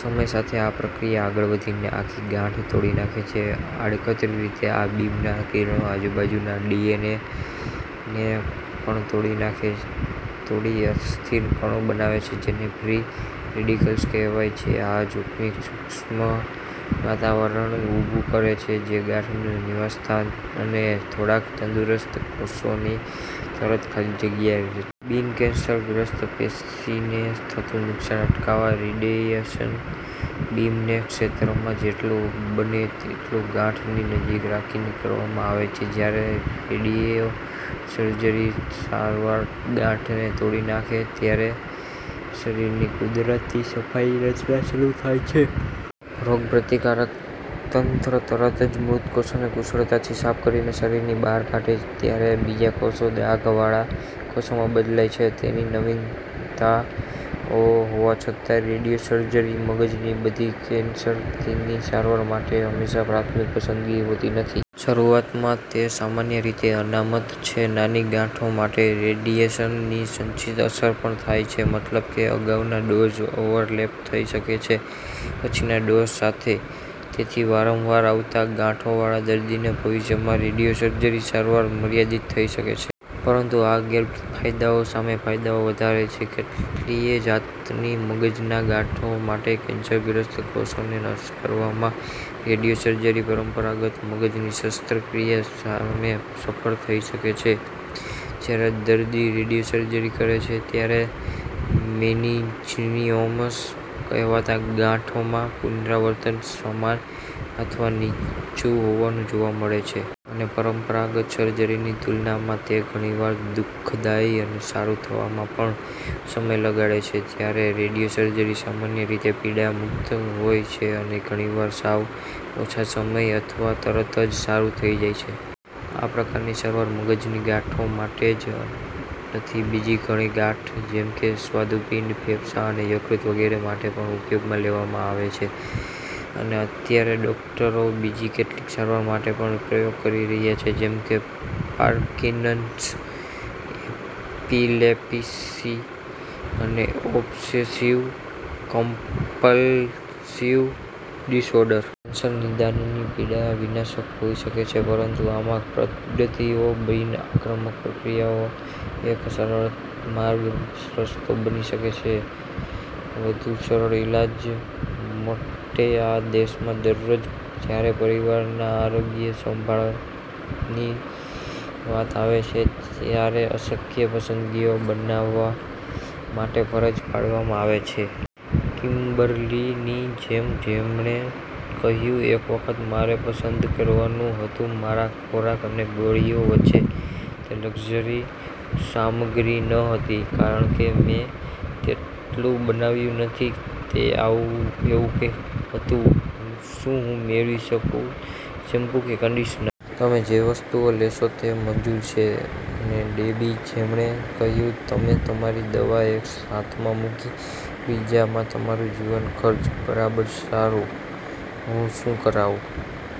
સમયસાથે, આ પ્રક્રિયા આગળ વધીને આખી ગાંઠ તોડી નાખે છે. આડકતરી રીતે, આ બીમ ના કિરણો આજુબાજુ ના ડીએનએ ને પણ તોડી નાંખે તોડી અસ્થિર કણો બનાવે છે જેને ફ્રી રેડિકલ્સ કહેવાય છે. આ જોખમી સૂક્ષ્મવાતાવરણ ઉભું કરે છે જે ગાંઠ નું નિવાસસ્થાન, અને થોડાક તંદુરસ્ત કોષો ની તરત ખાલી જગ્યારે બિન-કેન્સરગ્રસ્ત પેશીને થતુ નુકશાન અટકાવા રેડીએશન બીમ ને ક્ષેત્રમા જેટલુ બને તેટલુ ગાંઠ ની નજીક રાખીને કરવામા આવે છે. જયારે રેડીઓસર્જરી સારવાર દાંઠને તોડી નાખે, ત્યારે શરીરની કુદરતી સફાઈ રચના શરુ થાય છે. રોગપ્રતિકારક તંત્ર તરતજ મૃત કોષોને કુશળતાથી સાફ કરીને શરીરની બહાર કાઢે ત્યારે બીજા કોષો ડાઘ વાળા કોષોમા બદલાય છે. તેની નવીનતાઓ હોવા છતાં, રેડિયોસર્જરી મગજની બધી કેન્સરની સારવાર માટે હંમેશાં પ્રાથમિક પસંદગી હોતી નથી. શરૂઆત મા, તે સામાન્ય રીતે અનામત છે નાની ગાંઠો માટે. રેડિયેશન ની સંચિત અસર પણ થાય છે, મતલબ કે અગાઉના ડોઝ ઓવરલેપ થઈ શકે છે, પછીના ડોઝ સાથે. તેથી વારંવાર આવતા ગાંઠોવાળા દર્દીને ભવિષ્યમાં રેડિયોસર્જરી સારવાર મર્યાદિત થઈ શકે છે. પરંતુ આ ગેરફાયદાઓ સામે ફાયદાઓ વધારે છે. કેટલીય જાતની મગજના ગાંઠો માટે, કેન્સરગ્રસ્ત કોષોને નષ્ટ કરવામા રેડિયો સર્જરી પરંપરાગત મગજની શસ્ત્રક્રિયા સામે સફળ થઈ શકે છે. જયારે દર્દી રેડિયોસર્જરી કરે છે, ત્યારે મેનિન્જિનીઓમસ કહેવાતા ગાંઠોમાં, પુનરાવર્તન સમાન અથવા નીચું હોવાનું જોવા મળે છે. અને પરંપરાગત સર્જરીની તુલનામાં- તે ઘણીવાર દુઃખદાયી અને સારું થવામા પણ સમય લગાડે છે. જયારે રેડિયોસર્જરી સામાન્ય રીતે પીડા મુક્ત હોય છે, અને ઘણીવાર સાવ ઓછા સમય અથવા તરતજ સારું થઇ જાય છે. આ પ્રકારની સારવાર મગજની ગાંઠો માટે જ નથી: બીજી ઘણીગાંઠ જેમકે સ્વાદુપિંડ, ફેફસાં અને યકૃત વગેરે માટે પણ ઉપયોગમા લેવામા આવે છે. અને અત્યારે, ડોકટરો બીજી કેટલીક સારવાર માટે પણ પ્રયોગ કરી રહ્યા છે જેમકે પાર્કિનન્સ, એપિલેપીસી, અને ઓબ્સેસીવ કમ્પલસિવ ડિસઑડર. કેન્સર નિદાનની પીડા વિનાશક હોઈ શકે છે, પરંતુ આમાં પ્રગતિઓ બિન-આક્રમક પ્રક્રિયાઓ એક સરળ માર્ગ રસ્તો બની શકે છે. વધુ સરળ ઇલાજ માટે આ દેશમાં દરરોજ, જ્યારે પરિવારોના આરોગ્ય સંભાળની વાત આવે છે ત્યારે અશક્ય પસંદગીઓ બનાવવા માટે ફરજ પાડવામાં આવે છે. કિમ્બર્લીની જેમ, જેમણે કહ્યું, "એક વખત મારે પસંદ કરવાનું હતું મારા ખોરાક અને ગોળીઓ વચ્ચે. તે લક્ઝરી સામગ્રી નહતી, કારણ કે મેં તેટલું બનાવ્યું નથી. તે આવું એવું કે હતું, 'શું હું મેળવી શકું શેમ્પૂ કે કન્ડિશનર? ' તમે જે વસ્તુઓ લેશો તે મંજૂર છે. " અને ડેબી, જેમણે કહ્યું, "તમે તમારી દવા એક હાથમાં મૂકી, બીજામાં તમારા જીવન ખર્ચ. બરાબર. સારું, હું શું કરાવું